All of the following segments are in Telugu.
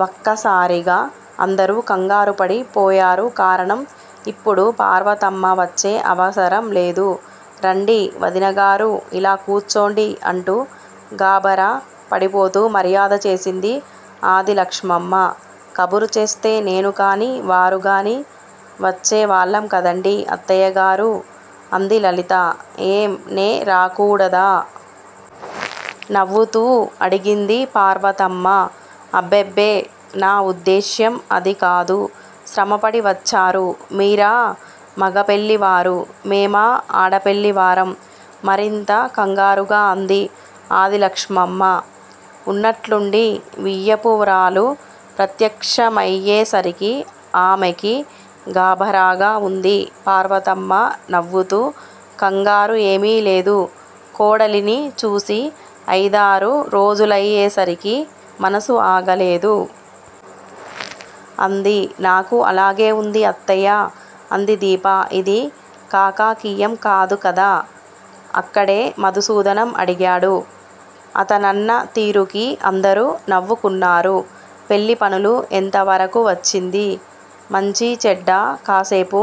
వక్కసారిగ అందరూ కంగారుపడి పోయారు కారణం. ఇప్పుడు పార్వతమ్మ వచ్చే అవసరం లేదు. రండి వదినగారూ! ఇలా కూర్చోండి. అంటూ గాభరా పడిపోతూ మర్యాద చేసింది ఆదిలక్ష్మమ్మ. కబురు చేస్తే నేనుగాని వారుగాని వచ్చే వాళ్ళం కదండీ అత్తయ్యగారూ. అంది లలిత. ఏం నే రాకూడదా! నవ్వుతూ అడిగింది పార్వతమ్మ. అబ్బెబ్బె నా వుద్దేశ్యం అదికాదు. శ్రమపడి వచ్చారు మీరా మగ పెళ్ళివారు, మేమా ఆడపెళ్ళి వారం. మరింత కంగారుగా అంది ఆదిలక్ష్మమ్మ వున్నట్లుండి వియ్యపురాలు ప్రత్యక్షమయ్యేసరికి ఆమెకి గాభరాగా వుంది. పార్వతమ్మ నవ్వుతూ కంగారు ఏమీలేదు. కోడలిని చూసి అయిదారు రోజులయేసరికి మనసు ఆగలేదు. అంది. నాకూ అలాగే వుంది అత్తయ్యా! అంది దీప. ఇది కాకాకీయం కాదుకదా. అక్కడే మధుసూదనం అడిగాడు. అతనన్న తీరుకి అందరూ నవ్వుకున్నారు. పెళ్ళి పనులు ఎంతవరకు వచ్చింది. మంచీచెడ్డా కాసేపు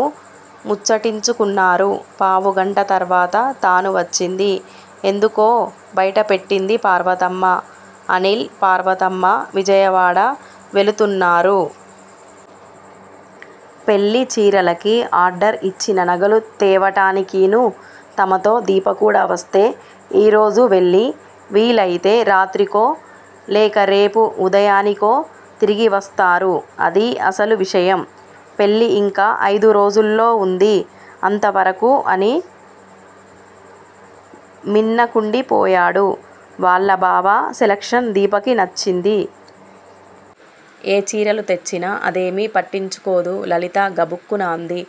ముచ్చటించుకున్నారు. పావుగంట తర్వాత తాను వచ్చింది ఎందుకో బైట పెట్టింది పార్వతమ్మ. అనిల్ పార్వతమ్మ విజయవాడ వెళుతున్నారు. పెళ్ళి చీరలకి ఆర్డర్ ఇచ్చిన నగలు తేవటానికీను. తమతో దీప కూడా వస్తే ఈ రోజు వెళ్ళి వీలయితే రాత్రికో లేక రేపు ఉదయానికో తిరిగివస్తారు అదీ అసలు విషయం. పెళ్ళి ఇంకా అయిదు రోజుల్లో వుంది అంతవరకు అని మిన్నకుండిపోయాడు. వాళ్ళ బావ సెలక్షన్ దీపకి నచ్చింది. ఏ చీరలు తెచ్చినా అదేమీ పట్టించుకోదు లలిత గబుక్కున అంది.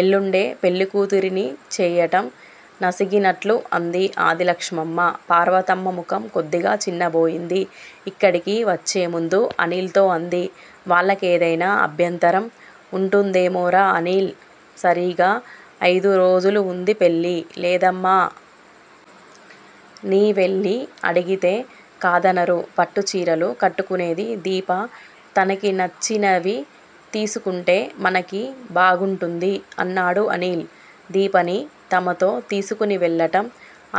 ఎళ్ళుండే పెళ్ళి కూతురిని చేయటం నసిగినట్లు అంది ఆదిలక్ష్మమ్మ. పార్వతమ్మ ముఖం కొద్దిగా చిన్నబోయింది. ఇక్కడికి వచ్చేముందు అనిల్ తో అంది. వాళ్ళకేదైనా అభ్యంతరం వుంటుందేమోరా అనీల్. సరీగ అయిదు రోజులువుంది పెళ్ళి. లేదమ్మా! నీవెళ్ళి అడిగితే కాదనరు పట్టుచీరలు కట్టుకునేది దీప తనకి నచ్చినవి తీసుకుంటే మనకి బాగుంటుంది. అన్నాడు అనిల్. దీపని తమతో తీసుకుని వెళ్ళటం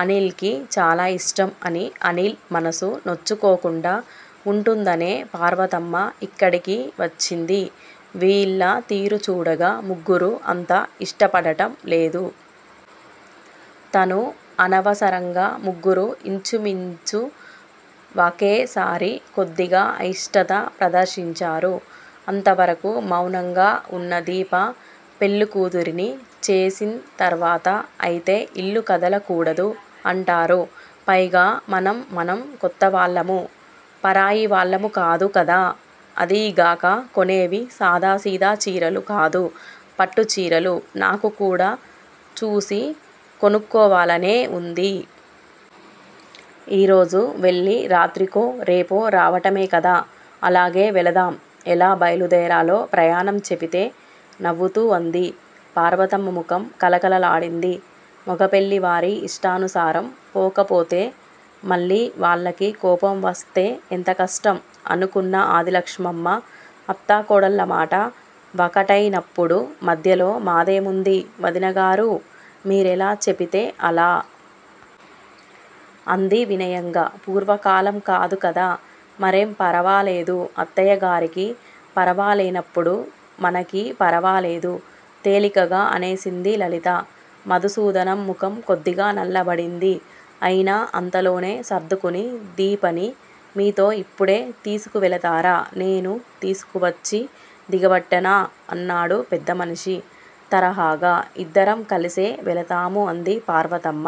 అనిల్ కి చాలా ఇష్టం అని అనిల్ మనసు నొచ్చుకోకుండా వుంటుందనే పార్వతమ్మ ఇక్కడికి వచ్చింది వీళ్ళ తీరు చూడగా ముగ్గురు అంత ఇష్టపడటం లేదు. తను అనవసరంగ ముగ్గురు యించుమించు వకేసారి కొద్దిగ అయిష్టత ప్రదర్శించారు. అంతవరకు మౌనంగా వున్న దీప పెళ్ళికూతురుని చేసిం తరువాత అయితే ఇల్లు కదల కూడదు అంటారు. పైగా మనం మనం కొత్తవాళ్ళము పరాయి వాళ్ళము కాదు కదా! అదీగాక కొనేవి సాదా సీదా చీరలు కాదు పట్టుచీరలు, నాకు కూడా చూసి కొనుక్కోవాలనే వుంది. ఈరోజు వెళ్ళి రాత్రికో రేపో రావటమే కదా అలాగే వెళదాం. ఎలా బైలుదేరాలో ప్రయాణం చెపితే నవ్వుతూ అంది. పార్వతమ్మ ముఖం కళకళలాడింది. మొగ పెళ్ళివారి ఇష్టానుసారం పోకపోతే మళ్ళీ వాళ్ళకి కోపం వస్తే ఎంత కష్టం. అనుకున్న ఆదిలక్ష్మమ్మ అత్తా కోడళ్ళమాట వకటైనప్పుడు మధ్యలో మాదేముంది వదినగారూ మీరెలా చెపితే అలా. అంది వినయంగ. పూర్వకాలం కాదు కదా మరేం ఫరవాలేదు అత్తయ్యగారికి ఫరవాలేనప్పుడు మనకి ఫరవాలేదు. తేలికగా అనేసింది లలిత. మధుసూదనం ముఖం కొద్దిగా నల్లబడింది. అయినా అంతలోనే సర్దుకుని దీపని మీతో ఇప్పుడే తీసుకువెళతారా? నేను తీసుకువచ్చి దిగబెట్టనా అన్నాడు పెద్దమనిషి తరహాగా. ఇద్దరం కలిసే వెళతాము అంది పార్వతమ్మ.